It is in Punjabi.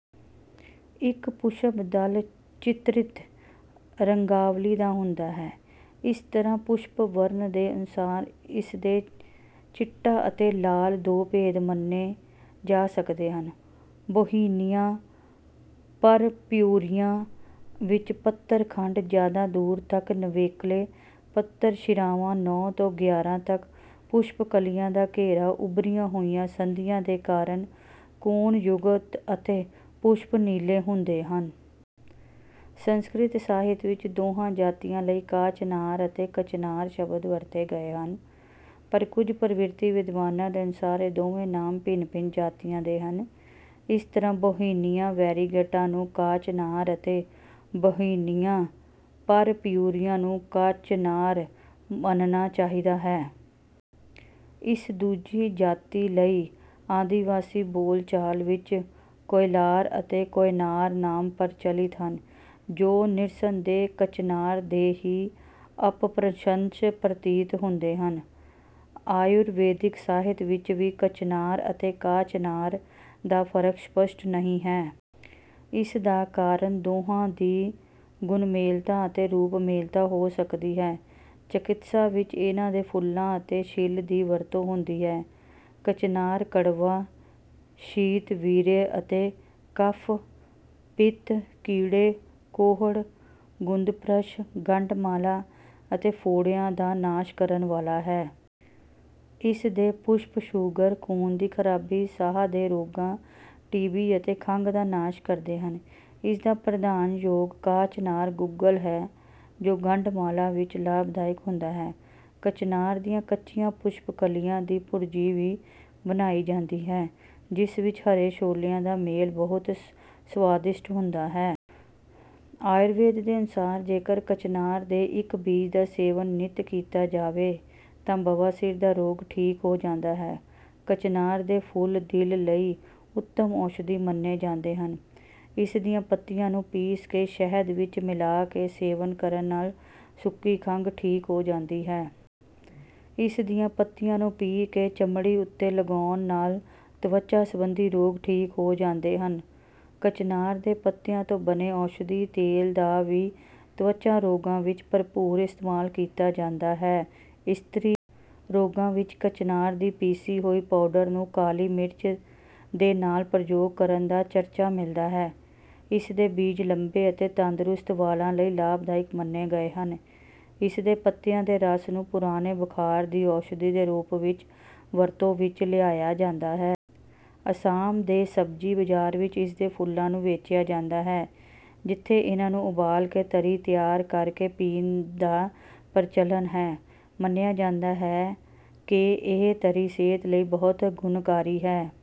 ਇੱਕ ਪੁਸ਼ਪਦਲ ਚਿੱਤਰਿਤ ਰੰਗਾਵਲੀ ਦਾ ਹੁੰਦਾ ਹੈ। ਇਸ ਤਰ੍ਹਾਂ ਪੁਸ਼ਪ ਵਰਣ ਦੇ ਅਨੁਸਾਰ ਇਸ ਦੇ ਚਿੱਟਾ ਅਤੇ ਲਾਲ—ਦੋ ਭੇਦ ਮੰਨੇ ਜਾ ਸਕਦੇ ਹਨ। ਬੌਹੀਨਿਆ ਪਰਪਿਊਰਿਆ ਵਿੱਚ ਪੱਤਰ-ਖੰਡ ਜ਼ਿਆਦਾ ਦੂਰ ਤੱਕ ਨਿਵੇਕਲੇ, ਪੱਤਰ-ਸ਼ਿਰਾਵਾਂ ਨੌ ਤੋਂ ਗਿਆਰਾਂ ਤੱਕ, ਪੁਸ਼ਪ ਕਲੀਆਂ ਦਾ ਘੇਰਾ ਉਭਰੀਆਂ ਹੋਈਆਂ ਸੰਧੀਆਂ ਦੇ ਕਾਰਨ ਕੋਣਯੁਕਤ ਅਤੇ ਪੁਸ਼ਪ ਨੀਲੇ ਹੁੰਦੇ ਹਨ। ਸੰਸਕ੍ਰਿਤ ਸਾਹਿਤ ਵਿੱਚ ਦੋਹਾਂ ਜਾਤੀਆਂ ਲਈ 'ਕਾਂਚਨਾਰ' ਅਤੇ 'ਕਚਨਾਰ' ਸ਼ਬਦ ਵਰਤੇ ਗਏ ਹਨ, ਪਰ ਕੁਝ ਪਰਵਰਤੀ ਵਿਦਵਾਨਾਂ ਦੇ ਅਨੁਸਾਰ ਇਹ ਦੋਵੇਂ ਨਾਮ ਭਿੰਨ-ਭਿੰਨ ਜਾਤੀਆਂ ਦੇ ਹਨ। ਇਸ ਤਰ੍ਹਾਂ ਬੌਹੀਨਿਆ ਵੈਰੀਗੇਟਾ ਨੂੰ ਕਾਂਚਨਾਰ ਅਤੇ ਬੌਹੀਨਿਆ ਪਰਪਿਊਰਿਆ ਨੂੰ ਕਚਨਾਰ ਮੰਨਣਾ ਚਾਹੀਦਾ ਹੈ। ਇਸ ਦੂਜੀ ਜਾਤੀ ਲਈ ਆਦਿਵਾਸੀ ਬੋਲ-ਚਾਲ ਵਿੱਚ 'ਕੋਇਲਾਰ' ਅਤੇ 'ਕੋਇਨਾਰ' ਨਾਮ ਪ੍ਰਚਲਿਤ ਹਨ, ਜੋ ਨਿਰਸੰਦੇਹ ਕਚਨਾਰ ਦੇ ਹੀ ਅਪਭ੍ਰੰਸ਼ ਪ੍ਰਤੀਤ ਹੁੰਦੇ ਹਨ। ਆਯੁਰਵੈਦਿਕ ਸਾਹਿਤ ਵਿੱਚ ਵੀ ਕਚਨਾਰ ਅਤੇ ਕਾਂਚਨਾਰ ਦਾ ਫ਼ਰਕ ਸਪੱਸ਼ਟ ਨਹੀਂ ਹੈ। ਇਸ ਦਾ ਕਾਰਨ ਦੋਹਾਂ ਦੀ ਗੁਣਮੇਲਤਾ ਅਤੇ ਰੂਪਮੇਲਤਾ ਹੋ ਸਕਦੀ ਹੈ। ਚਿਕਿਤਸਾ ਵਿੱਚ ਇਨ੍ਹਾਂ ਦੇ ਫੁੱਲਾਂ ਅਤੇ ਛਿੱਲ ਦੀ ਵਰਤੋਂ ਹੁੰਦੀ ਹੈ। ਕਚਨਾਰ ਕੜਵਾ, ਸ਼ੀਤਵੀਰਯ ਅਤੇ ਕਫ਼, ਪਿੱਤ, ਕੀੜੇ, ਕੋਹੜ, ਗੁਦਭ੍ਰੰਸ਼, ਗੰਡਮਾਲਾ ਅਤੇ ਫੋੜਿਆਂ ਦਾ ਨਾਸ਼ ਕਰਨ ਵਾਲਾ ਹੈ। ਇਸ ਦੇ ਪੁਸ਼ਪ ਸ਼ੂਗਰ, ਖ਼ੂਨ ਦੀ ਖ਼ਰਾਬੀ, ਸਾਹ ਦੇ ਰੋਗਾਂ, ਟੀ.ਬੀ. ਅਤੇ ਖੰਘ ਦਾ ਨਾਸ਼ ਕਰਦੇ ਹਨ। ਇਸ ਦਾ ਪ੍ਰਧਾਨ ਯੋਗ 'ਕਾਂਚਨਾਰ ਗੁੱਗੁਲ' ਹੈ ਜੋ ਗੰਡਮਾਲਾ ਵਿੱਚ ਲਾਭਦਾਇਕ ਹੁੰਦਾ ਹੈ। ਕਚਨਾਰ ਦੀਆਂ ਕੱਚੀਆਂ ਪੁਸ਼ਪ-ਕਲੀਆਂ ਦੀ ਭੁਰਜੀ ਵੀ ਬਣਾਈ ਜਾਂਦੀ ਹੈ, ਜਿਸ ਵਿੱਚ ਹਰੇ ਛੋਲਿਆਂ ਦਾ ਮੇਲ ਬਹੁਤ ਸਵਾਦਿਸ਼ਟ ਹੁੰਦਾ ਹੈ। ਆਯੁਰਵੇਦ ਦੇ ਅਨੁਸਾਰ, ਜੇਕਰ ਕਚਨਾਰ ਦੇ ਇੱਕ ਬੀਜ ਦਾ ਸੇਵਨ ਨਿੱਤ ਕੀਤਾ ਜਾਵੇ ਤਾਂ ਬਵਾਸੀਰ ਦਾ ਰੋਗ ਠੀਕ ਹੋ ਜਾਂਦਾ ਹੈ। ਕਚਨਾਰ ਦੇ ਫੁੱਲਦਿਲ ਲਈ ਉੱਤਮ ਔਸ਼ਧੀ ਮੰਨੇ ਜਾਂਦੇ ਹਨ। ਇਸ ਦੀਆਂ ਪੱਤੀਆਂ ਨੂੰ ਪੀਸ ਕੇ ਸ਼ਹਿਦ ਵਿੱਚ ਮਿਲਾ ਕੇ ਸੇਵਨ ਕਰਨ ਨਾਲ ਸੁੱਕੀ ਖੰਘ ਠੀਕ ਹੋ ਜਾਂਦੀ ਹੈ। ਇਸ ਦੀਆਂ ਪੱਤੀਆਂ ਨੂੰ ਪੀਹ ਕੇ ਚਮੜੀ ਉੱਤੇ ਲਗਾਉਣ ਨਾਲ ਤਵਚਾ ਸੰਬੰਧੀ ਰੋਗ ਠੀਕ ਹੋ ਜਾਂਦੇ ਹਨ। ਕਚਨਾਰ ਦੇ ਪੱਤਿਆਂ ਤੋਂ ਬਣੇ ਔਸ਼ਧੀ ਤੇਲ ਦਾ ਵੀ ਤਵਚਾ ਰੋਗਾਂ ਵਿੱਚ ਭਰਪੂਰ ਇਸਤੇਮਾਲ ਕੀਤਾ ਜਾਂਦਾ ਹੈ। ਇਸਤਰੀ ਰੋਗਾਂ ਵਿੱਚ ਕਚਨਾਰ ਦੀ ਪੀਸੀ ਹੋਈ ਪਾਊਡਰ ਨੂੰ ਕਾਲੀ ਮਿਰਚ ਦੇ ਨਾਲ ਪ੍ਰਯੋਗ ਕਰਨ ਦਾ ਚਰਚਾ ਮਿਲਦਾ ਹੈ। ਇਸ ਦੇ ਬੀਜ ਲੰਬੇ ਅਤੇ ਤੰਦਰੁਸਤ ਵਾਲਾਂ ਲਈ ਲਾਭਦਾਇਕ ਮੰਨੇ ਗਏ ਹਨ। ਇਸ ਦੇ ਪੱਤਿਆਂ ਦੇ ਰਸ ਨੂੰ ਪੁਰਾਣੇ ਬੁਖ਼ਾਰ ਦੀ ਔਸ਼ਧੀ ਦੇ ਰੂਪ ਵਿੱਚ ਵਰਤੋਂ ਵਿੱਚ ਲਿਆਇਆ ਜਾਂਦਾ ਹੈ। ਆਸਾਮ ਦੇ ਸਬਜ਼ੀ ਬਾਜ਼ਾਰ ਵਿੱਚ ਇਸ ਦੇ ਫੁੱਲਾਂ ਨੂੰ ਵੇਚਿਆ ਜਾਂਦਾ ਹੈ, ਜਿੱਥੇ ਇਨ੍ਹਾਂ ਨੂੰ ਉਬਾਲ ਕੇ ਤਰੀ ਤਿਆਰ ਕਰ ਕੇ ਪੀਣ ਦਾ ਪ੍ਰਚਲਨ ਹੈ। ਮੰਨਿਆ ਜਾਂਦਾ ਹੈ ਕਿ ਇਹ ਤਰੀ ਸਿਹਤ ਲਈ ਬਹੁਤ ਗੁਣਕਾਰੀ ਹੈ।